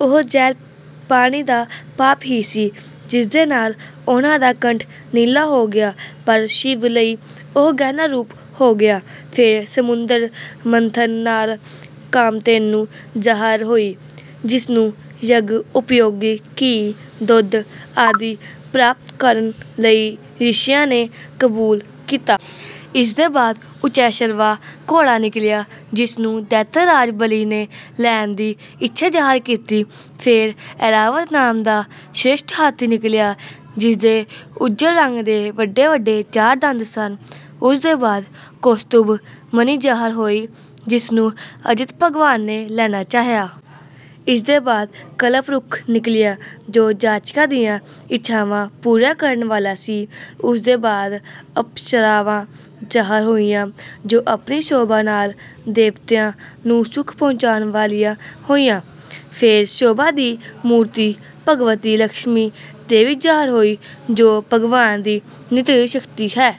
ਉਹ ਜ਼ਹਿਰ ਪਾਣੀ ਦਾ ਪਾਪ ਹੀ ਸੀ, ਜਿਸਦੇ ਨਾਲ ਉਨ੍ਹਾਂ ਦਾ ਕੰਠ ਨੀਲਾ ਹੋ ਗਿਆ ਪਰ ਸ਼ਿਵ ਲਈ ਉਹ ਗਹਿਣਾ ਰੂਪ ਹੋ ਗਿਆ। ਫਿਰ ਸਮੁੰਦਰ ਮੰਥਨ ਨਾਲ ਕਾਮਧੇਨੂ ਜ਼ਾਹਰ ਹੋਈ, ਜਿਸਨੂੰ ਯੱਗ-ਉਪਯੋਗੀ ਘੀ, ਦੁੱਧ ਆਦਿ ਪ੍ਰਾਪਤ ਕਰਨ ਲਈ ਰਿਸ਼ੀਆਂ ਨੇ ਕਬੂਲ ਕੀਤਾ। ਇਸਦੇ ਬਾਅਦ ਉੱਚੈਸ਼ਰਵਾ ਘੋੜਾ ਨਿਕਲਿਆ, ਜਿਸਨੂੰ ਦੈਂਤਰਾਜ ਬਲੀ ਨੇ ਲੈਣ ਦੀ ਇੱਛਾ ਜ਼ਾਹਰ ਕੀਤੀ। ਫਿਰ ਐਰਾਵਤ ਨਾਮ ਦਾ ਸ੍ਰੇਸ਼ਟ ਹਾਥੀ ਨਿਕਲਿਆ, ਜਿਸਦੇ ਉੱਜਲ ਰੰਗ ਦੇ ਵੱਡੇ-ਵੱਡੇ ਚਾਰ ਦੰਦ ਸਨ। ਉਸਦੇ ਬਾਅਦ ਕੌਸਤੁਭ ਮਣੀ ਜ਼ਾਹਰ ਹੋਈ, ਜਿਸਨੂੰ ਅਜਿਤ ਭਗਵਾਨ ਨੇ ਲੈਣਾ ਚਾਹਿਆ। ਇਸਦੇ ਬਾਅਦ ਕਲਪ ਰੁੱਖ ਨਿਕਲਿਆ, ਜੋ ਜਾਚਕਾਂ ਦੀਆਂ ਇੱਛਾਵਾਂ ਪੂਰੀਆਂ ਕਰਨ ਵਾਲਾ ਸੀ। ਉਸਦੇ ਬਾਅਦ ਅਪਸਰਾਵਾਂ ਜ਼ਾਹਰ ਹੋਈਆਂ, ਜੋ ਆਪਣੀ ਸ਼ੋਭਾ ਨਾਲ ਦੇਵਤਿਆਂ ਨੂੰ ਸੁਖ ਪਹੁੰਚਾਉਣ ਵਾਲੀਆਂ ਹੋਈਆਂ। ਫਿਰ ਸ਼ੋਭਾ ਦੀ ਮੂਰਤੀ ਭਗਵਤੀ ਲਕਸ਼ਮੀ ਦੇਵੀ ਜ਼ਾਹਰ ਹੋਈ, ਜੋ ਭਗਵਾਨ ਦੀ ਨਿੱਤ ਸ਼ਕਤੀ ਹੈ।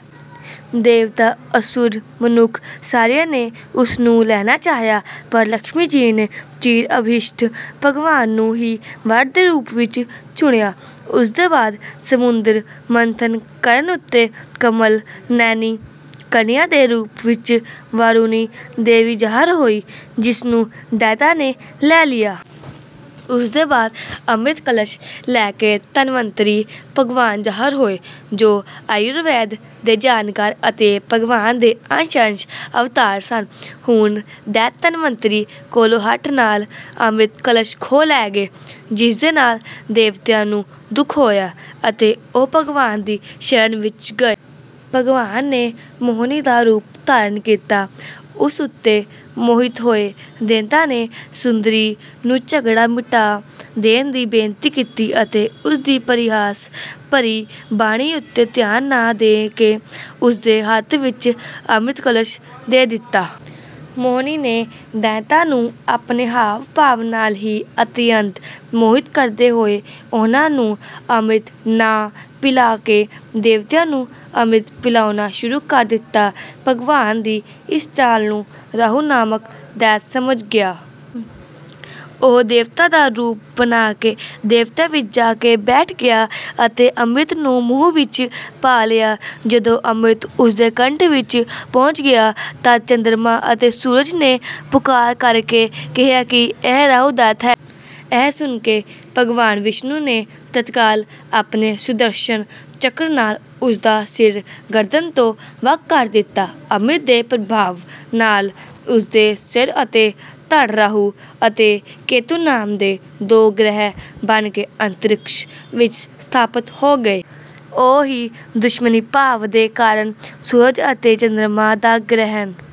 ਦੇਵਤਾ, ਅਸੁਰ, ਮਨੁੱਖ ਸਾਰਿਆਂ ਨੇ ਉਸ ਨੂੰ ਲੈਣਾ ਚਾਹਿਆ, ਪਰ ਲਕਸ਼ਮੀ ਜੀ ਨੇ ਚਿਰ-ਅਭੀਸ਼ਟ ਭਗਵਾਨ ਨੂੰ ਹੀ ਵਰ ਦੇ ਰੂਪ ਵਿੱਚ ਚੁਣਿਆ। ਉਸਦੇ ਬਾਅਦ ਸਮੁੰਦਰ ਮੰਥਨ ਕਰਨ ਉੱਤੇ ਕਮਲ-ਨੈਣੀ ਕੰਨਿਆ ਦੇ ਰੂਪ ਵਿੱਚ ਵਾਰੁਣੀ ਦੇਵੀ ਜ਼ਾਹਰ ਹੋਈ, ਜਿਸਨੂੰ ਦੈਤਾਂ ਨੇ ਲੈ ਲਿਆ। ਉਸਦੇ ਬਾਅਦ ਅੰਮ੍ਰਿਤ ਕਲਸ਼ ਲੈ ਕੇ ਧਨਵੰਤਰੀ ਭਗਵਾਨ ਜ਼ਾਹਰ ਹੋਏ, ਜੋ ਆਯੁਰਵੇਦ ਦੇ ਜਾਣਕਾਰ ਅਤੇ ਭਗਵਾਨ ਦੇ ਅੰਸ਼-ਅੰਸ਼ ਅਵਤਾਰ ਸਨ। ਹੁਣ ਦੈਤ ਧਨਵੰਤਰੀ ਕੋਲੋਂ ਹਠ ਨਾਲ ਅੰਮ੍ਰਿਤ ਕਲਸ਼ ਖੋਹ ਲੈ ਗਏ, ਜਿਸਦੇ ਨਾਲ ਦੇਵਤਿਆਂ ਨੂੰ ਦੁੱਖ ਹੋਇਆ ਅਤੇ ਉਹ ਭਗਵਾਨ ਦੀ ਸ਼ਰਨ ਵਿੱਚ ਗਏ। ਭਗਵਾਨ ਨੇ ਮੋਹਣੀ ਦਾ ਰੂਪ ਧਾਰਨ ਕੀਤਾ। ਉਸ ਉੱਤੇ ਮੋਹਿਤ ਹੋਏ ਦੈਤਾਂ ਨੇ ਸੁੰਦਰੀ ਨੂੰ ਝਗੜਾ ਮਿਟਾ ਦੇਣ ਦੀ ਬੇਨਤੀ ਕੀਤੀ ਅਤੇ ਉਸਦੀ ਪਰਿਹਾਸ-ਭਰੀ ਬਾਣੀ ਉੱਤੇ ਧਿਆਨ ਨਾ ਦੇ ਕੇ ਉਸਦੇ ਹੱਥ ਵਿੱਚ ਅੰਮ੍ਰਿਤ ਕਲਸ਼ ਦੇ ਦਿੱਤਾ। ਮੋਹਣੀ ਨੇ ਦੈਤਾਂ ਨੂੰ ਆਪਣੇ ਹਾਵ-ਭਾਵ ਨਾਲ ਹੀ ਅਤਿਅੰਤ ਮੋਹਿਤ ਕਰਦੇ ਹੋਏ ਉਨ੍ਹਾਂ ਨੂੰ ਅੰਮ੍ਰਿਤ ਨਾ ਪਿਲਾ ਕੇ ਦੇਵਤਿਆਂ ਨੂੰ ਅੰਮ੍ਰਿਤ ਪਿਲਾਉਣਾ ਸ਼ੁਰੂ ਕਰ ਦਿੱਤਾ। ਭਗਵਾਨ ਦੀ ਇਸ ਚਾਲ ਨੂੰ ਰਾਹੂ ਨਾਮਕ ਦੈਤ ਸਮਝ ਗਿਆ। ਉਹ ਦੇਵਤਾ ਦਾ ਰੂਪ ਬਣਾ ਕੇ ਦੇਵਤਿਆਂ ਵਿੱਚ ਜਾ ਕੇ ਬੈਠ ਗਿਆ ਅਤੇ ਅੰਮ੍ਰਿਤ ਨੂੰ ਮੂੰਹ ਵਿੱਚ ਪਾ ਲਿਆ। ਜਦੋਂ ਅੰਮ੍ਰਿਤ ਉਸਦੇ ਕੰਠ ਵਿੱਚ ਪਹੁੰਚ ਗਿਆ, ਤੱਦ ਚੰਦਰਮਾ ਅਤੇ ਸੂਰਜ ਨੇ ਪੁਕਾਰ ਕਰ ਕੇ ਕਿਹਾ ਕਿ ਇਹ ਰਾਹੂ ਦੈਤ ਹੈ। ਇਹ ਸੁਣਕੇ ਭਗਵਾਨ ਵਿਸ਼ਨੂੰ ਨੇ ਤੱਤਕਾਲ ਆਪਣੇ ਸੁਦਰਸ਼ਨ ਚੱਕਰ ਨਾਲ ਉਸਦਾ ਸਿਰ ਗਰਦਨ ਤੋਂ ਵੱਖ ਕਰ ਦਿੱਤਾ। ਅੰਮ੍ਰਿਤ ਦੇ ਪ੍ਰਭਾਵ ਨਾਲ ਉਸਦੇ ਸਿਰ ਅਤੇ ਧੜ ਰਾਹੂ ਅਤੇ ਕੇਤੂ ਨਾਮ ਦੇ ਦੋ ਗ੍ਰਹਿ ਬਣ ਕੇ ਅੰਤਰਿਕਸ਼ ਵਿੱਚ ਸਥਾਪਤ ਹੋ ਗਏ। ਉਹ ਹੀ ਦੁਸ਼ਮਣੀ ਭਾਵ ਦੇ ਕਾਰਨ ਸੂਰਜ ਅਤੇ ਚੰਦਰਮਾ ਦਾ ਗ੍ਰਹਿਣ